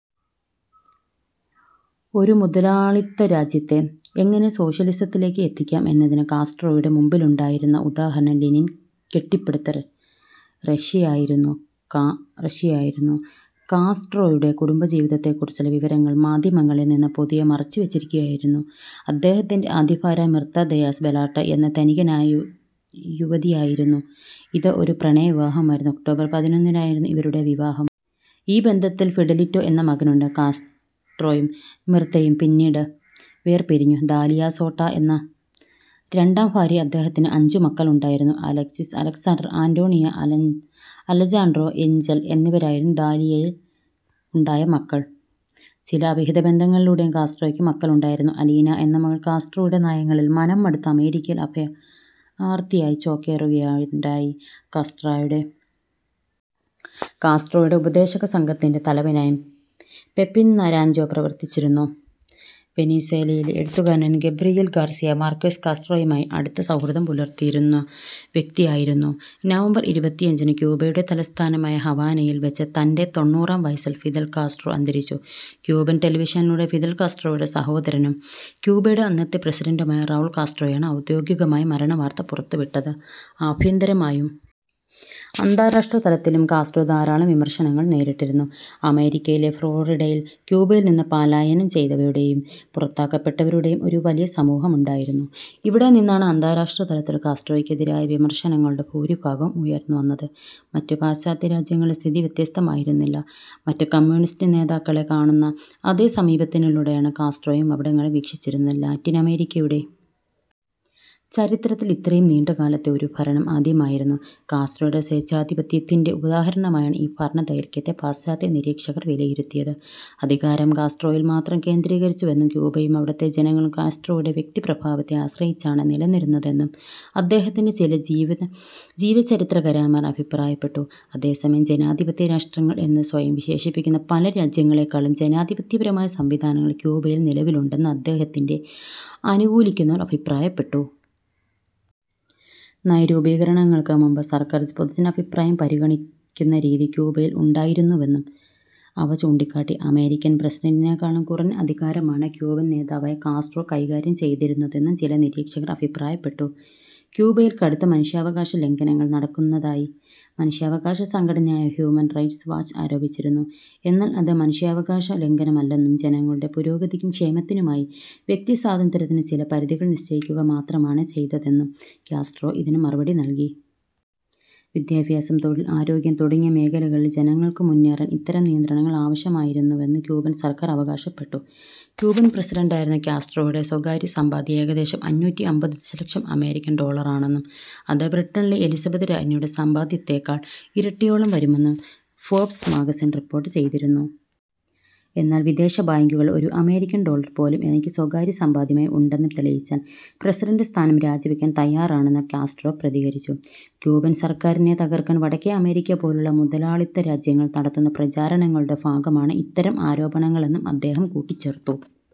ഒരു മുതലാളിത്ത രാജ്യത്തെ എങ്ങനെ സോഷ്യലിസത്തിലേക്ക് എത്തിക്കാം എന്നതിന് കാസ്ട്രോയുടെ മുമ്പിലുണ്ടായിരുന്ന ഉദാഹരണം ലെനിൻ കെട്ടിപ്പടുത്തറ് റഷ്യയായിരുന്നു.കാ റഷ്യയായിരുന്നു കാസ്ട്രോയുടെ കുടുംബജീവിതത്തെക്കുറിച്ചുള്ള വിവരങ്ങൾ മാധ്യമങ്ങളിൽ നിന്ന് പൊതിയേ മറച്ചുവെച്ചിരിക്കുകയായിരുന്നു. അദ്ദേഹത്തിൻ്റെ ആദ്യഭാര്യ മിർത ദയാസ് ബലാർട്ടെ എന്ന ധനികനായും യുവതിയായിരുന്നു. ഇത് ഒരു പ്രണയവിവാഹമായിരുന്നു. ഒക്ടോബർ പതിനൊന്നിനായിരുന്നു ഇവരുടെ വിവാഹം. ഈ ബന്ധത്തിൽ ഫിഡെലിറ്റോ എന്ന മകനുണ്ട്. കാസ്ട്രോയും മിർതയും പിന്നീട് വേർപിരിഞ്ഞു. ദാലിയ സോട്ട എന്ന രണ്ടാം ഭാര്യ അദ്ദേഹത്തിന് അഞ്ച് മക്കളുണ്ടായിരുന്നു. Alexis, Alexander, Antonio, Alan Alejandro, Angel എന്നിവരായിരുന്നു ദാലിയയിൽ ഉണ്ടായ മക്കൾ. ചില അവിഹിത ബന്ധങ്ങളിലൂടെയും കാസ്ട്രോയ്ക്ക് മക്കളുണ്ടായിരുന്നു. അലീന എന്ന മകൾ കാസ്ട്രോയുടെ നയങ്ങളിൽ മനംമടുത്ത് അമേരിക്കൽ അഭയാർത്ഥിയായി ചോക്കേറുകയായിയുണ്ടായി. കാസ്ട്രോയുടെ കാസ്ട്രോയുടെ ഉപദേശക സംഘത്തിൻ്റെ തലവനായും പെപിൻ നരാഞ്ജോ പ്രവർത്തിച്ചിരുന്നു. വെനിസേലയില് എഴുത്തുകാരന് ഗബ്രിയേൽ ഗാർസിയ മാർക്വേസ് കാസ്ട്രോയുമായി അടുത്ത സൗഹൃദം പുലർത്തിയിരുന്നു വ്യക്തിയായിരുന്നു. നവംബർ ഇരുപത്തിയഞ്ചിന് ക്യൂബയുടെ തലസ്ഥാനമായ ഹവാനയിൽ വെച്ച് തൻ്റെ തൊണ്ണൂറാം വയസ്സിൽ ഫിദൽ കാസ്ട്രോ അന്തരിച്ചു. ക്യൂബൻ ടെലിവിഷനിലൂടെ ഫിദൽ കാസ്ട്രോയുടെ സഹോദരനും ക്യൂബയുടെ അന്നത്തെ പ്രസിഡന്റുമായ റൗൾ കാസ്ട്രോയാണ് ഔദ്യോഗികമായി മരണവാർത്ത പുറത്തുവിട്ടത്. ആഭ്യന്തരമായും അന്താരാഷ്ട്ര തലത്തിലും കാസ്ട്രോയ്ക്കെ ധാരാളം വിമർശനങ്ങൾ നേരിട്ടിരുന്നു. അമേരിക്കയിലെ ഫ്ലോറിഡയിൽ ക്യൂബയിൽ നിന്ന് പലായനം ചെയ്തവരുടെയും പുറത്താക്കപ്പെട്ടവരുടെയും ഒരു വലിയ സമൂഹമുണ്ടായിരുന്നു. ഇവിടെ നിന്നാണ് അന്താരാഷ്ട്രതലത്തിൽ കാസ്ട്രോക്കെതിരായ വിമർശനങ്ങളുടെ ഭൂരിഭാഗവും ഉയർന്നുവന്നത്. മറ്റ് പാശ്ചാത്യ രാജ്യങ്ങളിലെ സ്ഥിതി വ്യത്യസ്തമായിരുന്നില്ല. മറ്റ് കമ്മ്യൂണിസ്റ്റ് നേതാക്കളെ കാണുന്ന അതേ സമീപനത്തിനിലൂടെയാണ് കാസ്ട്രോയും അവിടങ്ങളിൽ വീക്ഷിച്ചിരുന്ന. ലാറ്റിനമേരിക്കയുടെ ചരിത്രത്തിൽ ഇത്രയും നീണ്ട കാലത്തെ ഒരു ഭരണം ആദ്യമായിരുന്നു. കാസ്ട്രോയുടെ സ്വേച്ഛാധിപത്യത്തിൻ്റെ ഉദാഹരണമായാണ് ഈ ഭരണദൈർഘ്യത്തെ പാശ്ചാത്യ നിരീക്ഷകർ വിലയിരുത്തിയത്. അധികാരം കാസ്ട്രോയിൽ മാത്രം കേന്ദ്രീകരിച്ച് വെന്നും, ക്യൂബയും അവിടെത്തെ ജനങ്ങളും കാസ്ട്രോയുടെ വ്യക്തിപ്രഭാവത്തെ ആശ്രയിച്ചാണ് നിലന്നിരുന്നതെന്നും അദ്ദേഹത്തിൻ്റെ ചില ജീവിത ജീവചരിത്രകാരന്മാർ അഭിപ്രായപ്പെട്ടു. അതേസമയം, ജനാധിപത്യ രാഷ്ട്രങ്ങൾ എന്ന് സ്വയം വിശേഷിപ്പിക്കുന്ന പല രാജ്യങ്ങളേക്കാളും ജനാധിപത്യപരമായ സംവിധാനങ്ങൾ ക്യൂബയിൽ നിലവിലുണ്ടെന്ന് അദ്ദേഹത്തിന്റെ അനുകൂലിക്കുന്നവർ അഭിപ്രായപ്പെട്ടു. നയരൂപീകരണങ്ങൾക്ക് മുമ്പ് സർക്കാർ പൊതുജനഭിപ്രായം പരിഗണിക്കുന്ന രീതി ക്യൂബയിൽ ഉണ്ടായിരുന്നുവെന്നും അവ ചൂണ്ടിക്കാട്ടി. അമേരിക്കൻ പ്രസിഡന്റിനേക്കാളും കുറഞ്ഞ അധികാരമാണ് ക്യൂബൻ നേതാവായ കാസ്ട്രോ കൈകാര്യം ചെയ്തിരുന്നതെന്നും ചില നിരീക്ഷകർ അഭിപ്രായപ്പെട്ടു. ക്യൂബയിൽ കടുത്ത മനുഷ്യാവകാശ ലംഘനങ്ങൾ നടക്കുന്നതായി മനുഷ്യാവകാശ സംഘടനയായ ഹ്യൂമൻ റൈറ്റ്സ് വാച്ച് ആരോപിച്ചിരുന്നു. എന്നാൽ അത് മനുഷ്യാവകാശ ലംഘനമല്ലെന്നും, ജനങ്ങളുടെ പുരോഗതിക്കും ക്ഷേമത്തിനുമായി വ്യക്തിസ്വാതന്ത്ര്യത്തിന് ചില പരിധികൾ നിശ്ചയിക്കുക മാത്രമാണ് ചെയ്തതെന്നും ക്യാസ്ട്രോ ഇതിന് മറുപടി നൽകി. വിദ്യാഭ്യാസം, തൊഴിൽ, ആരോഗ്യം തുടങ്ങിയ മേഖലകളിൽ ജനങ്ങൾക്ക് മുന്നേറൽ ഇത്തരം നിയന്ത്രണങ്ങൾ ആവശ്യമായിരുന്നുവെന്ന് ക്യൂബൻ സർക്കാർ അവകാശപ്പെട്ടു. ക്യൂബൻ പ്രസിഡന്റായിരുന്ന കാസ്ട്രോയുടെ സ്വകാര്യസമ്പാദ്യം ഏകദേശം അഞ്ഞൂറ്റി അമ്പത് ദശലക്ഷം അമേരിക്കൻ ഡോളറാണെന്നും അത് ബ്രിട്ടനിലെ എലിസബത്ത് രാജ്ഞിയുടെ സമ്പാദ്യത്തേക്കാൾ ഇരട്ടിയോളം വരുമെന്നും ഫോബ്സ് മാഗസിൻ റിപ്പോർട്ട് ചെയ്തിരുന്നു. എന്നാൽ വിദേശ ബാങ്കുകൾ ഒരു അമേരിക്കൻ ഡോളർ പോലും എനിക്ക് സ്വകാര്യ സമ്പാദ്യമേ ഉണ്ടെന്ന് തെളിയിച്ചാൽ പ്രസിഡന്റ് സ്ഥാനം രാജിവെക്കാൻ തയ്യാറാണെന്ന് ക്യാസ്ട്രോ പ്രതികരിച്ചു. ക്യൂബൻ സർക്കാരിനെ തകർക്കാൻ വടക്കേ അമേരിക്ക പോലുള്ള മുതലാളിത്ത രാജ്യങ്ങൾ നടത്തുന്ന പ്രചാരണങ്ങളുടെ ഭാഗമാണ് ഇത്തരം ആരോപണങ്ങളെന്നും അദ്ദേഹം കൂട്ടിച്ചേർത്തു.